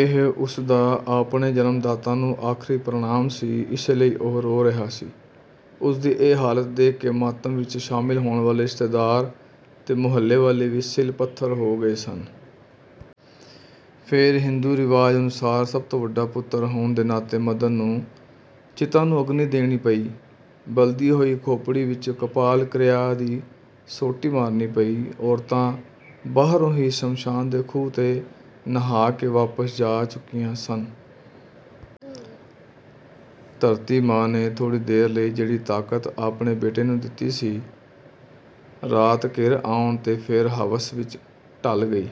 ਇਹ ਉਸਦਾ ਆਪਣੇ ਜਨਮ ਦਾਤਾ ਨੂੰ ਆਖ਼ਰੀ ਪ੍ਰਣਾਮ ਸੀ ਇਸੇ ਲਈ ਉਹ ਰੋ ਰਿਹਾ ਸੀ। ਉਸਦੀ ਇਹ ਹਾਲਤ ਦੇਖ ਕੇ ਮਾਤਮ ਵਿਚ ਸ਼ਾਮਿਲ ਹੋਣ ਵਾਲੇ ਰਿਸ਼ਤੇਦਾਰ ਤੇ ਮੁਹੱਲੇ ਵਾਲੇ ਵੀ ਸਿਲ–ਪੱਥਰ ਹੋ ਗਏ ਸਨ। ਫੇਰ ਹਿੰਦੂ ਰਿਵਾਜ਼ ਅਨੁਸਾਰ ਸਭ ਤੋਂ ਵੱਡਾ ਪੁੱਤਰ ਹੋਣ ਦੇ ਨਾਤੇ ਮਦਨ ਨੂੰ ਚਿਤਾ ਨੂੰ ਅੱਗਨੀ ਦੇਣੀ ਪਈ। ਬਲਦੀ ਹੋਈ ਖੋਪੜੀ ਵਿਚ ਕਪਾਲ ਕ੍ਰਿਆ ਦੀ ਸੋਟੀ ਮਾਰਨੀ ਪਈ… ਔਰਤਾਂ ਬਾਹਰੋਂ ਹੀ ਸ਼ਮਸ਼ਾਨ ਦੇ ਖੂਹ 'ਤੇ ਨਹਾਅ ਕੇ ਵਾਪਸ ਜਾ ਚੁੱਕੀਆਂ ਸਨ। ਧਰਤੀ ਮਾਂ ਨੇ ਥੋੜ੍ਹੀ ਦੇਰ ਲਈ ਜਿਹੜੀ ਤਾਕਤ ਆਪਣੇ ਬੇਟੇ ਨੂੰ ਦਿਤੀ ਸੀ, ਰਾਤ ਘਿਰ ਆਉਣ ਤੇ ਫੇਰ ਹਵਸ ਵਿਚ ਢਲ ਗਈ…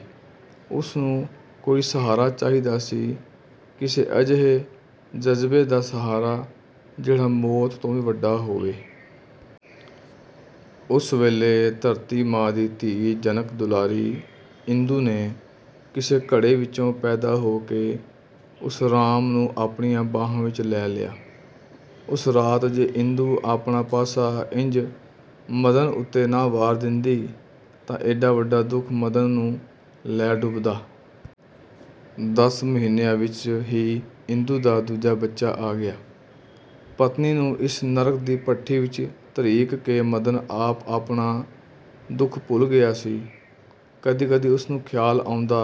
ਉਸਨੂੰ ਕੋਈ ਸਹਾਰਾ ਚਾਹੀਦਾ ਸੀ। ਕਿਸੇ ਅਜਿਹੇ ਜਜ਼ਬੇ ਦਾ ਸਹਾਰਾ, ਜਿਹੜਾ ਮੌਤ ਤੋਂ ਵੀ ਵੱਡਾ ਹੋਵੇ। ਉਸ ਵੇਲੇ ਧਰਤੀ ਮਾਂ ਦੀ ਧੀ, ਜਨਕ ਦੁਲਾਰੀ ਇੰਦੂ ਨੇ ਕਿਸੇ ਘੜੇ ਵਿਚੋਂ ਪੈਦਾ ਹੋ ਕੇ ਉਸ ਰਾਮ ਨੂੰ ਆਪਣੀਆਂ ਬਾਹਾਂ ਵਿਚ ਲੈ ਲਿਆ… ਉਸ ਰਾਤ ਜੇ ਇੰਦੂ ਆਪਣਾ ਆਪਾ ਇੰਜ ਮਦਨ ਉੱਤੇ ਨਾ ਵਾਰ ਦਿੰਦੀ ਤਾਂ ਏਡਾ ਵੱਡਾ ਦੁੱਖ ਮਦਨ ਨੂੰ ਲੈ ਡੁੱਬਦਾ। ਦਸ ਮਹੀਨਿਆਂ ਵਿਚ ਹੀ ਇੰਦੂ ਦਾ ਦੂਜਾ ਬੱਚਾ ਆ ਗਿਆ। ਪਤਨੀ ਨੂੰ ਇਸ ਨਰਕ ਦੀ ਭੱਠੀ ਵਿਚ ਧਰੀਕ ਕੇ ਮਦਨ ਆਪ ਆਪਣਾ ਦੁੱਖ ਭੁੱਲ ਗਿਆ ਸੀ। ਕਦੀ ਕਦੀ ਉਸਨੂੰ ਖ਼ਿਆਲ ਆਉਂਦਾ,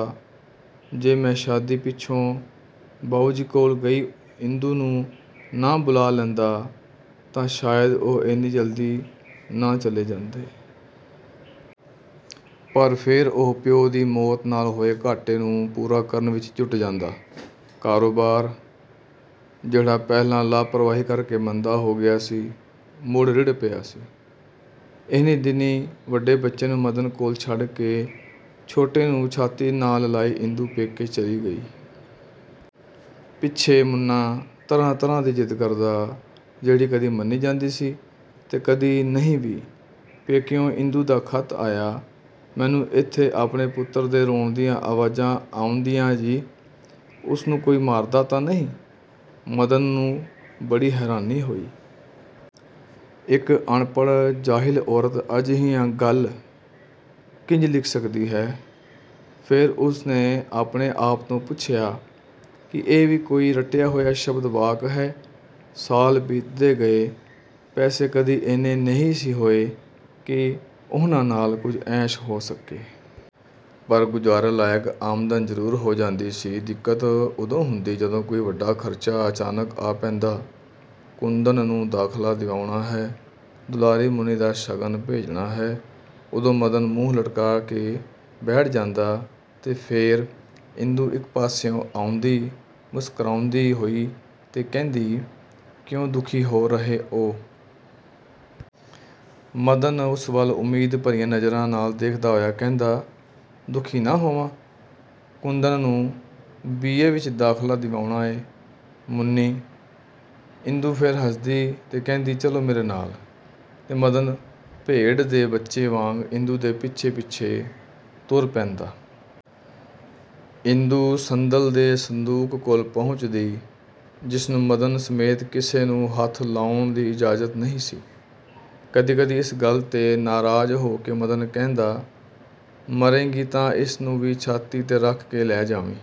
ਜੇ ਮੈਂ ਸ਼ਾਦੀ ਪਿੱਛੋਂ ਬਾਊਜੀ ਕੋਲ ਗਈ ਇੰਦੂ ਨੂੰ ਨਾ ਬੁਲਾਅ ਲੈਂਦਾ ਤਾਂ ਸ਼ਾਇਦ ਉਹ ਏਨੀ ਜਲਦੀ ਨਾ ਚਲੇ ਜਾਂਦੇ। ਪਰ ਫੇਰ ਉਹ ਪਿਓ ਦੀ ਮੌਤ ਨਾਲ ਹੋਏ ਘਾਟੇ ਨੂੰ ਪੂਰਾ ਕਰਨ ਵਿਚ ਜੁਟ ਜਾਂਦਾ… ਕਾਰੋਬਾਰ, ਜਿਹੜਾ ਪਹਿਲਾਂ ਲਾਪ੍ਰਵਾਹੀ ਕਰਕੇ ਮੰਦਾ ਹੋ ਗਿਆ ਸੀ, ਮੁੜ ਰਿੜ੍ਹ ਪਿਆ ਸੀ। ਇਹਨੀਂ ਦਿਨੀ ਵੱਡੇ ਬੱਚੇ ਨੂੰ ਮਦਨ ਕੋਲ ਛੱਡ ਕੇ, ਛੋਟੇ ਨੂੰ ਛਾਤੀ ਨਾਲ ਲਾਈ ਇੰਦੂ ਪੇਕੇ ਚਲੀ ਗਈ। ਪਿੱਛੇ ਮੁੰਨਾਂ ਤਰ੍ਹਾਂ–ਤਰ੍ਹਾਂ ਦੀ ਜ਼ਿਦ ਕਰਦਾ, ਜਿਹੜੀ ਕਦੀ ਮੰਨੀ ਜਾਂਦੀ ਸੀ ਤੇ ਕਦੀ ਨਹੀਂ ਵੀ। ਪੇਕਿਓਂ ਇੰਦੂ ਦਾ ਖ਼ਤ ਆਇਆ- 'ਮੈਨੂੰ ਏਥੇ ਆਪਣੇ ਪੁੱਤਰ ਦੇ ਰੋਣ ਦੀਆਂ ਆਵਾਜ਼ਾਂ ਆਉਂਦੀਐਂ ਜੀ, ਉਸਨੂੰ ਕੋਈ ਮਾਰਦਾ ਤਾਂ ਨਹੀਂ… ' ਮਦਨ ਨੂੰ ਬੜੀ ਹੈਰਾਨੀ ਹੋਈ। ਇਕ ਅਣਪੜ੍ਹ, ਜਾਹਿਲ ਔਰਤ ਅਜਿਹੀਆਂ ਗੱਲ ਕਿੰਜ ਲਿਖ ਸਕਦੀ ਹੈ? ਫੇਰ ਉਸਨੇ ਆਪਣੇ ਆਪ ਤੋਂ ਪੁੱਛਿਆ-'ਕੀ ਇਹ ਵੀ ਕੋਈ ਰਟਿਆ ਹੋਇਆ ਸ਼ਬਦ–ਵਾਕ ਹੈ? ' ਸਾਲ ਬੀਤਦੇ ਗਏ। ਪੈਸੇ ਕਦੀ ਏਨੇ ਨਹੀਂ ਸੀ ਹੋਏ ਕਿ ਉਹਨਾਂ ਨਾਲ ਕੁਝ ਐਸ਼ ਹੋ ਸਕੇ। ਪਰ ਗੁਜਾਰੇ ਲਾਇਕ ਆਮਦਨ ਜ਼ਰੂਰ ਹੋ ਜਾਂਦੀ ਸੀ। ਦਿੱਕਤ ਉਦੋਂ ਹੁੰਦੀ ਜਦੋਂ ਕੋਈ ਵੱਡਾ ਖ਼ਰਚਾ ਅਚਾਨਕ ਆ ਪੈਂਦਾ… ਕੁੰਦਨ ਨੂੰ ਦਾਖ਼ਲਾ ਦਿਵਾਉਣਾ ਹੈ, ਦੁਲਾਰੀ ਮੁੰਨੀ ਦਾ ਸ਼ਗਨ ਭੇਜਣਾ ਹੈ। ਉਦੋਂ ਮਦਨ ਮੂੰਹ ਲਟਕਾਅ ਕੇ ਬੈਠ ਜਾਂਦਾ ਤੇ ਫੇਰ ਇੰਦੂ ਇਕ ਪਾਸਿਓਂ ਆਉਂਦੀ ਮੁਸਕਰਾਉਂਦੀ ਹੋਈ ਤੇ ਕਹਿੰਦੀ, "ਕਿਉਂ ਦੁਖੀ ਹੋ ਰਹੇ ਓ? " ਮਦਨ ਉਸ ਵੱਲ ਉਮੀਦ ਭਰੀਆਂ ਨਜ਼ਰਾਂ ਨਾਲ ਦੇਖਦਾ ਹੋਇਆ ਕਹਿੰਦਾ, "ਦੁਖੀ ਨਾ ਹੋਵਾਂ? ਕੁੰਦਨ ਨੂੰ ਬੀ. ਏ. ਵਿਚ ਦਾਖਲਾ ਦਿਵਾਉਣਾ ਏਂ… ਮੁੰਨੀ… " ਇੰਦੂ ਫੇਰ ਹੱਸਦੀ ਤੇ ਕਹਿੰਦੀ, "ਚੱਲੋ ਮੇਰੇ ਨਾਲ। " ਤੇ ਮਦਨ ਭੇਡ ਦੇ ਬੱਚੇ ਵਾਂਗ ਇੰਦੂ ਦੇ ਪਿੱਛੇ–ਪਿੱਛੇ ਤੁਰ ਪੈਂਦਾ। ਇਦੂ ਸੰਦਲ ਦੇ ਸੰਦੂਕ ਕੋਲ ਪਹੁੰਚਦੀ, ਜਿਸਨੂੰ ਮਦਨ ਸਮੇਤ ਕਿਸੇ ਨੂੰ ਹੱਥ ਲਾਉਣ ਦੀ ਇਜਾਜ਼ਤ ਨਹੀਂ ਸੀ। ਕਦੀ ਕਦੀ ਇਸ ਗੱਲ 'ਤੇ ਨਾਰਾਜ਼ ਹੋ ਕੇ ਮਦਨ ਕਹਿੰਦਾ-"ਮਰੇਂਗੀ ਤਾਂ ਇਸ ਨੂੰ ਵੀ ਛਾਤੀ 'ਤੇ ਰੱਖ ਕੇ ਲੈ ਜਾਵੀਂ।